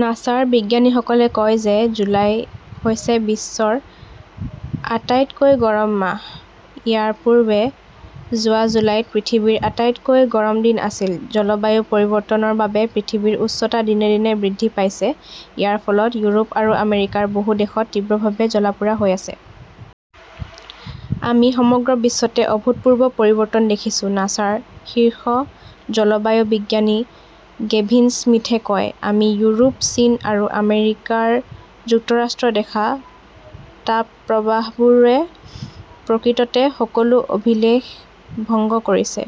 নাছাৰ বিজ্ঞানীসকলে কয় যে জুলাই হৈছে বিশ্বৰ আটাইতকৈ গৰম মাহ। ইয়াৰ পূৰ্বে যোৱা জুলাইত পৃথিৱীৰ আটাইতকৈ গৰম দিন আছিল। জলবায়ু পৰিৱৰ্তনৰ বাবে পৃথিৱীৰ উচ্ছতা দিনে দিনে বৃদ্ধি পাইছে। ইয়াৰ ফলত ইউৰোপ আৰু আমেৰিকাৰ বহু দেশত তীব্ৰভাৱে জ্বলা-পোৰা হৈ আছে। "আমি সমগ্ৰ বিশ্বতে অভূতপূৰ্ব পৰিৱৰ্তন দেখিছোঁ", নাছাৰ শীৰ্ষ জলবায়ু বিজ্ঞানী গেভিন স্মিথে কয়। আমি ইউৰোপ, চীন আৰু আমেৰিকা যুক্তৰাষ্ট্ৰত দেখা তাপপ্ৰবাহবোৰে প্ৰকৃততে সকলো অভিলেখ ভংগ কৰিছে।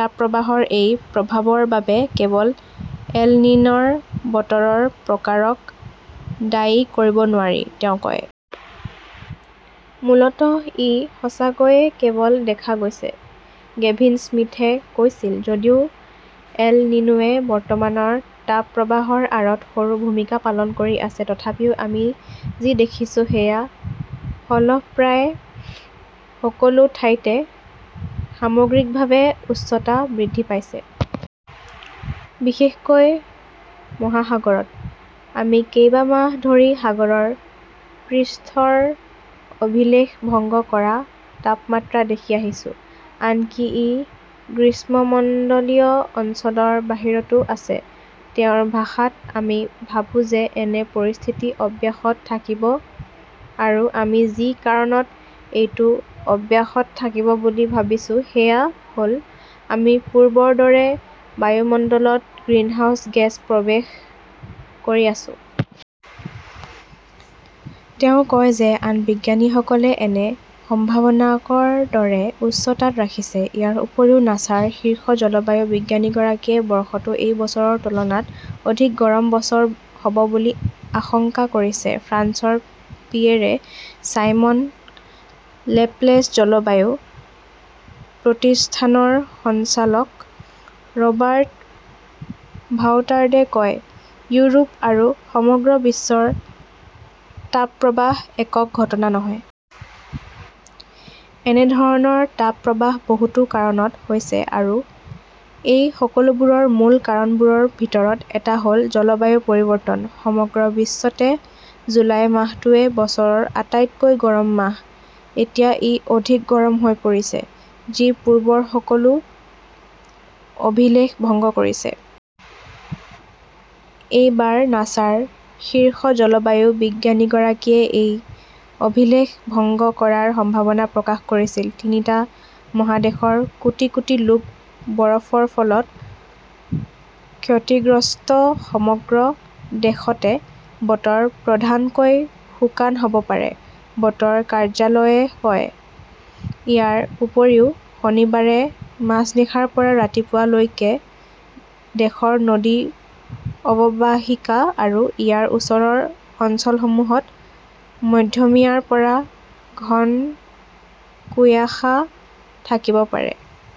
"তাপপ্ৰবাহৰ এই প্ৰভাৱৰ বাবে কেৱল এল নিন' ৰ বতৰৰ প্ৰকাৰক দায়ী কৰিব নোৱাৰি ", তেওঁ কয়। মূলতঃ ই সঁচাকৈয়ে কেৱল দেখা গৈছে। গেভিন স্মিথে কৈছিল, যদিও এল নিনোৱে বৰ্তমানৰ তাপপ্ৰবাহৰ আঁৰত সৰু ভূমিকা পালন কৰি আছে তথাপিও আমি যি দেখিছোঁ সেয়া হ'ল প্ৰায় সকলো ঠাইতে সামগ্ৰিকভাৱে উষ্ণতা বৃদ্ধি পাইছে। বিশেষকৈ মহাসাগৰত। আমি কেইবা মাহ ধৰি সাগৰৰ পৃষ্ঠৰ অভিলেখ ভংগ কৰা তাপমাত্ৰা দেখি আহিছো। আনকি ই গ্ৰীষ্মমণ্ডলীয় অঞ্চলৰ বাহিৰতো আছে। তেওঁৰ ভাষাত, আমি ভাবো যে এনে পৰিস্থিতি অব্যাহত থাকিব আৰু আমি যি কাৰণত এইটো অব্যাহত থাকিব বুলি ভাবিছোঁ সেয়া হ'ল আমি পূৰ্বৰ দৰে বায়ুমণ্ডলত গ্ৰিনহাউজ গেছ প্ৰৱেশ কৰি আছো। তেওঁ কয় যে আন বিজ্ঞানীসকলে এনে সম্ভাৱনাক ৰ দৰে উচ্চতাত ৰাখিছে। ইয়াৰ উপৰিও, নাছাৰ শীৰ্ষ জলবায়ু বিজ্ঞানীগৰাকীয়ে বৰ্ষটো এই বছৰৰ তুলনাত অধিক গৰম বছৰ হ'ব বুলি আশংকা কৰিছে। ফ্ৰান্সৰ পিয়েৰে-চাইমন লেপলেছ জলবায়ু প্ৰতিষ্ঠানৰ সঞ্চালক ৰবাৰ্ট ভাউটাৰ্ডে কয়, ইউৰোপ আৰু সমগ্ৰ বিশ্বৰ তাপপ্ৰবাহ একক ঘটনা নহয়। এনে ধৰণৰ তাপ প্ৰবাহ বহুতো কাৰণত হৈছে আৰু এই সকলোবোৰৰ মূল কাৰণবোৰৰ ভিতৰত এটা হ'ল জলবায়ু পৰিৱৰ্তন। সমগ্ৰ বিশ্বতে জুলাই মাহটোৱেই বছৰৰ আটাইতকৈ গৰম মাহ। এতিয়া ই অধিক গৰম হৈ পৰিছে। যি পূৰ্বৰ সকলো অভিলেখ ভংগ কৰিছে। এইবাৰ নাছাৰ শীৰ্ষ জলবায়ু বিজ্ঞানীগৰাকীয়ে এই অভিলেখ ভংগ কৰাৰ সম্ভাৱনা প্ৰকাশ কৰিছিল। তিনিটা মহাদেশৰ কোটি কোটি লোক বৰফৰ ফলত ক্ষতিগ্ৰস্ত সমগ্ৰ দেশতে বতৰ প্ৰধানকৈ শুকান হ'ব পাৰে, বতৰ কাৰ্যালয়ে কয়। ইয়াৰ উপৰিও শনিবাৰে মাজনিশাৰ পৰা ৰাতিপুৱা লৈকে দেশৰ নদী অৱবাহিকা আৰু ইয়াৰ ওচৰৰ অঞ্চলসমূহত মধ্যমীয়াৰ পৰা ঘন কুয়াশা থাকিব পাৰে।